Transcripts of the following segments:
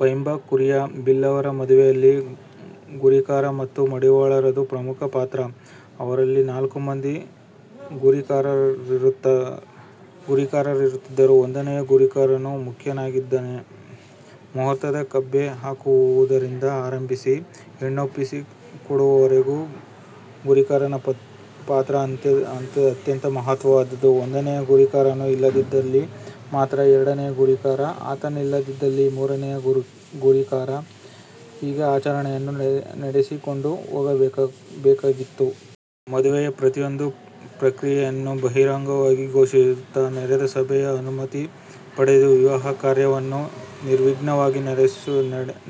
ಪೈಂಬ ಕುರಿಯ, ಬಿಲ್ಲವರ ಮದುವೆಯಲ್ಲಿ ಗುರಿಕಾರ ಮತ್ತು ಮಡಿವಾಳರದು ಪ್ರಮುಖ ಪಾತ್ರ. ಅವರಲ್ಲಿ ನಾಲ್ಕು ಮಂದಿ ಗುರಿಕಾರರಿರುತ್ತಿದ್ದು, ಒಂದನೆಯ ಗುರಿಕಾರನು ಮುಖ್ಯನಾಗಿದ್ದಾನೆ. ಮುಹೂರ್ತದ ಕಬೆ ಹಾಕುವುದರಿಂದ ಆರಂಭಿಸಿ, ಹೆಣ್ಣೊಪ್ಪಿಸಿ ಕೊಡುವವರೆಗೂ ಗುರಿಕಾರನ ಪಾತ್ರ ಅತ್ಯಂತ ಮಹತ್ವದ್ದು. ಒಂದನೆಯ ಗುರಿಕಾರನು ಇಲ್ಲದಿದ್ದಲ್ಲಿ ಮಾತ್ರ ಎರಡನೆಯ ಗುರಿಕಾರ, ಆತನಿಲ್ಲದಿದ್ದಲ್ಲಿ ಮೂರನೆಯ ಗುರಿಕಾರ ಹೀಗೆ ಆಚರಣೆಗಳನ್ನು ನಡೆಸಿಕೊಂಡು ಹೋಗಬೇಕಾಗಿತ್ತು. ಮದುವೆಯ ಪ್ರತಿಯೊಂದು ಪ್ರಕ್ರಿಯೆಯನ್ನು ಬಹಿರಂಗವಾಗಿ ಘೋಷಿಸುತ್ತ ನೆರೆದ ಸಭೆಯ ಅನುಮತಿ ಪಡೆದು ವಿವಾಹ ಕಾರ್ಯವನ್ನು ನಿರ್ವಿಘ್ನವಾಗಿ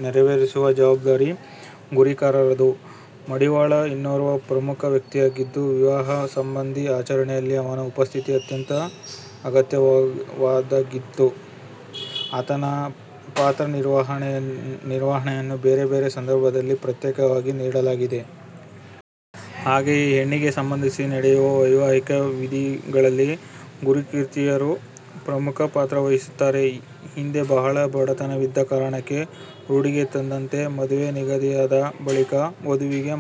ನೆರೆವೇರಿಸುವ ಜವಾಬ್ದಾರಿ ಗುರಿಕಾರರದು. ಮಡಿವಾಳ ಇನ್ನೋರ್ವ ಪ್ರಮುಖ ವ್ಯಕ್ತಿಯಾಗಿದ್ದು, ವಿವಾಹ ಸಂಬಂಧಿ ಆಚರಣೆಗಳಲ್ಲಿ ಅವನ ಉಪಸ್ಥಿತಿ ಅತ್ಯಂತ ಅಗತ್ಯದ್ದಾಗಿತ್ತು. ಆತನ ಪಾತ್ರ ನಿರ್ವಹಣೆಯನ್ನು ಬೇರೆ ಬೇರೆ ಸಂದರ್ಭಗಳಲ್ಲಿ ಪ್ರತ್ಯೇಕವಾಗಿ ನೀಡಲಾಗಿದೆ. ಹಾಗೆಯೇ ಹೆಣ್ಣಿಗೆ ಸಂಬಂಧಿಸಿ ನಡೆಸುವ ವೈವಾಹಿಕ ವಿಧಿಗಳಲ್ಲಿ ಗುರಿಕಾರ್ತಿಯರು ಪ್ರಮುಖ ಪಾತ್ರ ವಹಿಸುತ್ತಾರೆ. ಹಿಂದೆ ಬಹಳ ಬಡತನವಿದ್ದ ಕಾರಣಕ್ಕೆ ರೂಢಿಗೆ ತಂದಂತೆ ಮದುವೆ ನಿಗದಿಯಾದ ಬಳಿಕ ವಧುವಿಗೆ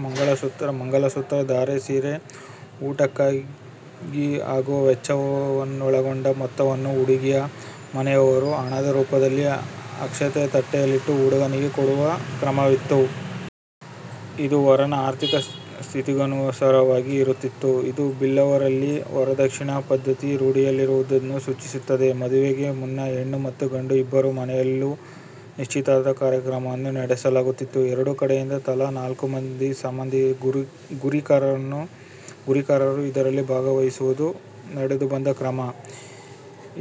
ಮಂಗಲಸೂತ್ರ, ಧಾರೆಸೀರೆ, ಊಟಕ್ಕಾಗಿ ಆಗುವ ವೆಚ್ಚವನ್ನೊಳಗೊಂಡ ಮೊತ್ತವನ್ನು ಹುಡುಗಿಯ ಮನೆಯವರು ಹಣದ ರೂಪದಲ್ಲಿ ಅಕ್ಷತೆಯ ತಟ್ಟೆಯಲ್ಲಿಟ್ಟು ಹುಡುಗನಿಗೆ ಕೊಡುವ ಕ್ರಮವಿತ್ತು. ಇದು ವರನ ಆರ್ಥಿಕ ಸ್ಥಿತಿಗನುಸಾರವಾಗಿ ಇರುತ್ತಿತ್ತು. ಇದು ಬಿಲ್ಲವರಲ್ಲಿ ವರದಕ್ಷಿಣ ಪದ್ದತಿ ರೂಢಿಯಲ್ಲಿದ್ದುದನ್ನು ಸೂಚಿಸುತ್ತದೆ. ಮದುವೆಗೆ ಮುನ್ನ ಹೆಣ್ಣು ಮತ್ತು ಗಂಡು ಇಬ್ಬರ ಮನೆಯಲ್ಲೂ ನಿಶ್ಚಿತಾರ್ಥ ಕಾರ್ಯಕ್ರಮವನ್ನು ನಡೆಸಲಾಗುತ್ತಿತ್ತು. ಎರಡೂ ಕಡೆಯಿಂದ ತಲಾ ನಾಲ್ಕು ಮಂದಿ ಗುರಿಕಾರರು ಇದರಲ್ಲಿ ಭಾಗವಹಿಸುವುದು ನಡೆದುಬಂದ ಕ್ರಮ.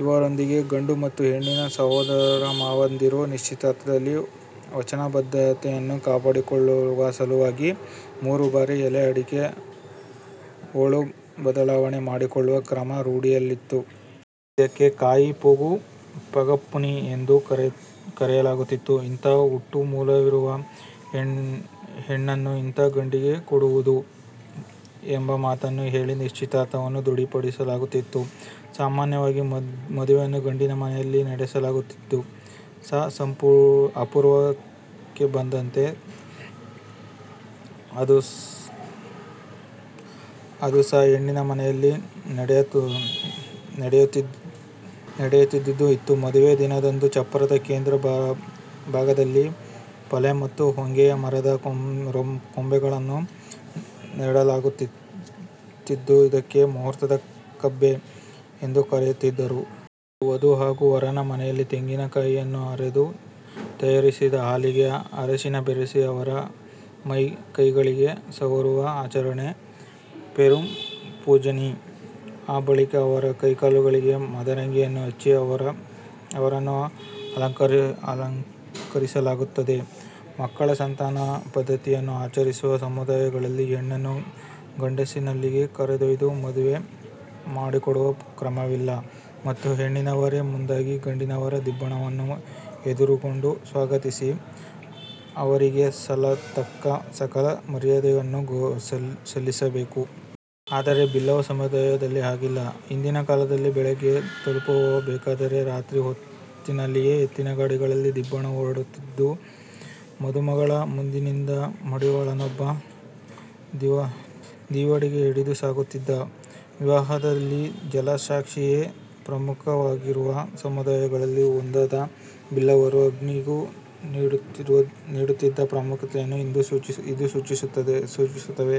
ಇವರೊಂದಿಗೆ ಗಂಡು ಮತ್ತು ಹೆಣ್ಣಿನ ಸೋದರಮಾವಂದಿರು ನಿಶ್ಚಿತಾರ್ಥದಲ್ಲಿ ವಚನಬದ್ಧತೆಯನ್ನು ಕಾಪಾಡಿಕೊಳ್ಳುವ ಸಲುವಾಗಿ ಮೂರು ಬಾರಿ ಎಲೆ ಅಡಿಕೆ ಹೋಳು ಬದಲಾವಣೆ ಮಾಡಿಕೊಳ್ಳುವ ಕ್ರಮ ರೂಢಿಯಲ್ಲಿತ್ತು. ಇದಕ್ಕೆ "ಕಾಯಿ ಪೂಲು ಪಗಪ್ಪುನಿ" ಎಂದು ಕರೆಯಲಾಗುತ್ತಿತ್ತು. "ಇಂಥ ಹುಟ್ಟುಮೂಲವಿರುವ ಹೆಣ್ಣನ್ನು ಇಂಥ ಗಂಡಿಗೆ ಕೊಡುವುದು" ಎಂಬ ಮಾತನ್ನು ಹೇಳಿ ನಿಶ್ಚಿತಾರ್ಥವನ್ನು ದೃಢೀಪಡಿಸಲಾಗುತ್ತಿತ್ತು. ಸಾಮಾನ್ಯವಾಗಿ ಮದುವೆಯನ್ನು ಗಂಡಿನ ಮನೆಯಲ್ಲಿ ನಡೆಸಲಾಗುತ್ತಿದ್ದು, ಸ ಅಪೂರ್ವಕ್ಕೆಂಬಂತೆ ಅದುಸ ಹೆಣ್ಣಿನ ಮನೆಯಲ್ಲಿ ನಡೆಯುತ್ತಿದ್ದುದೂ ಇತ್ತು. ಮದುವೆಯ ದಿನದಂದು ಚಪ್ಪರದ ಕೇಂದ್ರ ಭಾಗದಲ್ಲಿ ಪಾಲೆ ಮತ್ತು ಹೊಂಗೆಯ ಮರದ ಕೊಂಬೆಯನ್ನು ನೆಡಲಾಗುತ್ತಿದ್ದು, ಇದಕ್ಕೆ "ಮುಹೂರ್ತದ ಕಬೆ" ಎಂದು ಕರೆಯುತ್ತಿದ್ದರು. ಅಂದು ವಧು ಹಾಗೂ ವರನ ಮನೆಯಲ್ಲಿ ತೆಂಗಿನ ಕಾಯಿಯನ್ನು ಅರೆದು ತಯಾರಿಸಿದ ಹಾಲಿಗೆ ಅರಸಿನ ಬೆರೆಸಿ ಅವರ ಮೈ ಕೈಗಳಿಗೆ ಸವರುವ ಆಚರಣೆಯೇ "ಪೇರು ಪೂಜುನಿ" ಆ ಬಳಿಕ ಅವರ ಕೈಕಾಲುಗಳಿಗೆ ಮದರಂಗಿಯನ್ನು ಹಚ್ಚಿ ಅವರನ್ನು ಅಲಂಕರಿಸಲಾಗುತ್ತದೆ. ಮಕ್ಕಳ ಸಂತಾನ ಪದ್ಧತಿಯನ್ನು ಆಚರಿಸುವ ಸಮುದಾಯಗಳಲ್ಲಿ ಹೆಣ್ಣನ್ನು ಗಂಡಿನಲ್ಲಿಗೆ ಕರೆದೊಯ್ದು ಮದುವೆ ಮಾಡಿಕೊಡುವ ಕ್ರಮವಿಲ್ಲ ಮತ್ತು ಹೆಣ್ಣಿನವರೇ ಮುಂದಾಗಿ ಗಂಡಿನವರ ದಿಬ್ಬಣವನ್ನು ಎದುರುಗೊಂಡು ಸ್ವಾಗತಿಸಿ, ಅವರಿಗೆ ಸಲ್ಲತಕ್ಕ ಸಕಲ ಮರ್ಯಾದೆಗಳನ್ನೂ ಸಲ್ಲಿಸಬೇಕು. ಆದರೆ ಬಿಲ್ಲವ ಸಮುದಾಯದಲ್ಲಿ ಹಾಗಿಲ್ಲ. ಹಿಂದಿನ ಕಾಲದಲ್ಲಿ ಬೆಳಿಗ್ಗೆ ತಲುಪಬೇಕಾದರೆ ರಾತ್ರಿ ಹೊತ್ತಿನಲ್ಲಿಯೇ ಎತ್ತಿನ ಗಾಡಿಗಳಲ್ಲಿ ದಿಬ್ಬಣ ಹೊರಡುತ್ತಿದ್ದು, ಮದುಮಗಳ ಮುಂದಿನಿಂದ ಮಡಿವಾಳನೊಬ್ಬ ದೀವಡಿಗೆ ಹಿಡಿದು ಸಾಗುತ್ತಿದ್ದ. ವಿವಾಹದಲ್ಲಿ ಜಲಸಾಕ್ಷಿಯೇ ಪ್ರಮುಖವಾಗಿರುವ ಸಮುದಾಯಗಳಲ್ಲಿ ಒಂದಾದ ಬಿಲ್ಲಿವರು ಅಗ್ನಿಗೂ ನೀಡುತ್ತಿದ್ದ ಪ್ರಾಮುಖ್ಯವನ್ನು ಇದು ಸಚಿಸುತ್ತದೆ.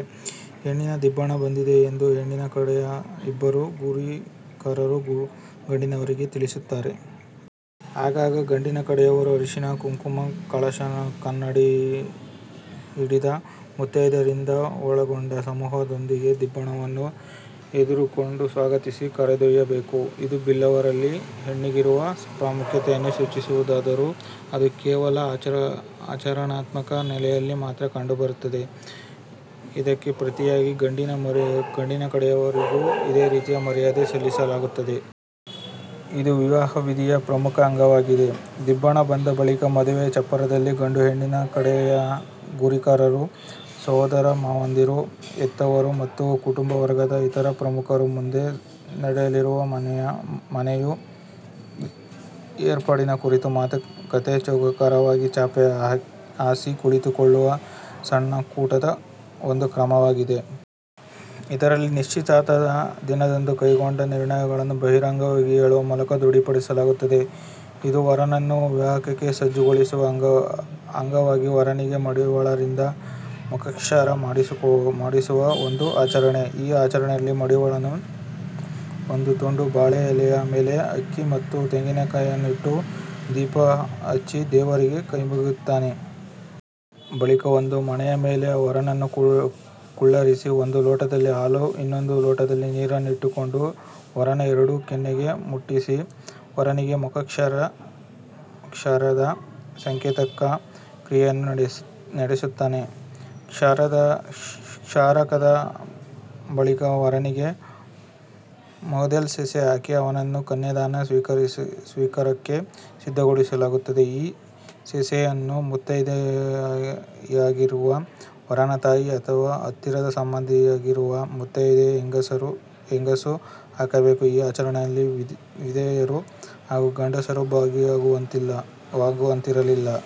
ಹೆಣ್ಣಿನ ದಿಬ್ಬಣ ಬಂದಿದೆ ಎಂದು ಹೆಣ್ಣಿನ ಕಡೆಯ ಇಬ್ಬರು ಗುರಿಕಾರರು ಗಂಡಿನವರಿಗೆ ತಿಳಿಸುತ್ತಾರೆ. ಆಗ ಗಂಡಿ ಕಡೆಯವರು ಅರಶಿನ-ಕುಂಕುಮ, ಕಲಶಕನ್ನಡಿ ಹಿಡಿದ ಮುತ್ತೈದೆಯರಿಂದ ಒಳಗೊಂಡ ಸಮೂಹದೊಂದಿಗೆ ದಿಬ್ಬಣ್ಣವನ್ನು ಎದುರುಗೊಂಡು ಸ್ವಾಗತಿಸಿ, ಕರೆದೊಯ್ಯಬೇಕು. ಇದು ಬಿಲ್ಲವರಲ್ಲಿ ಹೆಣ್ಣಿಗಿರುವ ಪ್ರಾಮುಖ್ಯತೆಯನ್ನು ಸೂಚಿಸುವುದಾದರೂ ಅದು ಕೇವಲ ಆಚರಣಾತ್ಮಕ ನೆಲೆಯಲ್ಲಿ ಮಾತ್ರ ಕಂಡು ಬರುತ್ತದೆ. ಇದಕ್ಕೆ ಪ್ರತಿಯಾಗಿ ಗಂಡಿನ ಕಡೆಯವರಿಗೂ ಇದೇ ರೀತಿಯ ಮರ್ಯಾದೆ ಸಲ್ಲಿಸಲಾಗುತ್ತದೆ. ಇದು ವಿವಾಹ ವಿಧಿಯ ಪ್ರಮುಖ ಅಂಗವಾಗಿದೆ. ದಿಬ್ಬಣ ಬಂದ ಬಳಿಕ ಮದುವೆಯ ಚಪ್ಪರದಲ್ಲಿ ಗಂಡು-ಹೆಣ್ಣಿನ ಕಡೆಯ ಗುರಿಕಾರರು, ಸೋದರ ಮಾವಂದಿರು, ಹೆತ್ತವರು ಮತ್ತು ಕುಟುಂಬ ವರ್ಗದ ಇತರ ಪ್ರಮುಖರು ಮುಂದೆ ನಡೆಯಲಿರುವ ಮನೆಯು ಏರ್ಪಾಡಿನ ಕುರಿತು ಮಾತುಕತೆಗೆ ಚೌಕಾಕಾರವಾಗಿ ಚಾಪೆ ಹಾಸಿ ಕುಳಿತುಕೊಳ್ಳುವ ಸಣ್ಣ ಕೂಟದ ಒಂದು ಕ್ರಮವಾಗಿದೆ. ಇದರಲ್ಲಿ ನಿಶ್ಷಿತಾರ್ಥದ ದಿನದಂದು ಕೈಗೊಂಡ ನಿರ್ಣಯಗಳನ್ನು ಬಹಿರಂಗವಾಗಿ ಹೇಳುವ ಮೂಲಕ ದೃಢೀಪಡಿಸಲಾಗುತ್ತದೆ. ಇದು ವರನನ್ನು ವಿವಾಹಕ್ಕೆ ಸಜ್ಜುಗೊಳಿಸುವ ಅಂಗವಾಗಿ ವರನಿಗೆ ಮಡಿವಾಳರಿಂದ ಮುಖಕ್ಷೌರ ಮಾಡಿಸುವ ಒಂದು ಆಚರಣೆ. ಈ ಆಚರಣೆಯಲ್ಲಿ ಮಡಿವಾಳನು ಒಂದು ತುಂಡು ಬಾಳೆ ಎಲೆಯ ಮೇಲೆ ಅಕ್ಕಿ ಮತ್ತು ತೆಂಗಿನಕಾಯಿಗಳನ್ನಿಟ್ಟು ದೀಪ ಹಚ್ಚಿ ದೇವರಿಗೆ ಕೈಮುಗಿಯುತ್ತಾನೆ. ಬಳಿಕ ಒಂದು ಮಣೆಯ ಮೇಲೆ ವರನನ್ನು ಕುಳ್ಳಿರಿಸಿ ಒಂದು ಲೋಟದಲ್ಲಿ ಹಾಲು ಇನ್ನೊಂದು ಲೋಟದಲ್ಲಿ ನೀರನ್ನಿಟ್ಟುಕೊಂಡು ವರನ ಎರಡೂ ಕೆನ್ನೆಗೆ ಮುಟ್ಟಿಸಿ ವರನಿಗೆ ಮುಖ ಕ್ಷೌರದ ಸಾಂಕೇತಕ ಕ್ರಿಯೆಯನ್ನು ನಡೆಸುತ್ತಾನೆ. ಕ್ಷೌರದ ಬಳಿಕ ವರನಿಗೆ ಮೋಂದಲ್ ಸೇಸೆ ಹಾಕಿ ಅವನನ್ನು ಕನ್ಯಾದಾನ ಸ್ವೀಕಾರಕ್ಕೆ ಸಿದ್ಧಗೊಳಿಸಲಾಗುತ್ತದೆ. ಈ ಸೇಸೆಯನ್ನು ಮುತ್ತೈದೆಯಾಗಿರುವ ವರನ ತಾಯಿ ಅಥವಾ ಹತ್ತಿರದ ಸಂಬಂಧಿಯಾಗಿರುವ ಮುತ್ತೈದೆ ಹೆಂಗಸು ಹಾಕಬೇಕು. ಈ ಆಚರಣೆಯಲ್ಲಿ ವಿಧವೆಯರು ಹಾಗೂ ಗಂಡಸರು ಭಾಗವಹಿಸುವಂತಿರಲಿಲ್ಲ.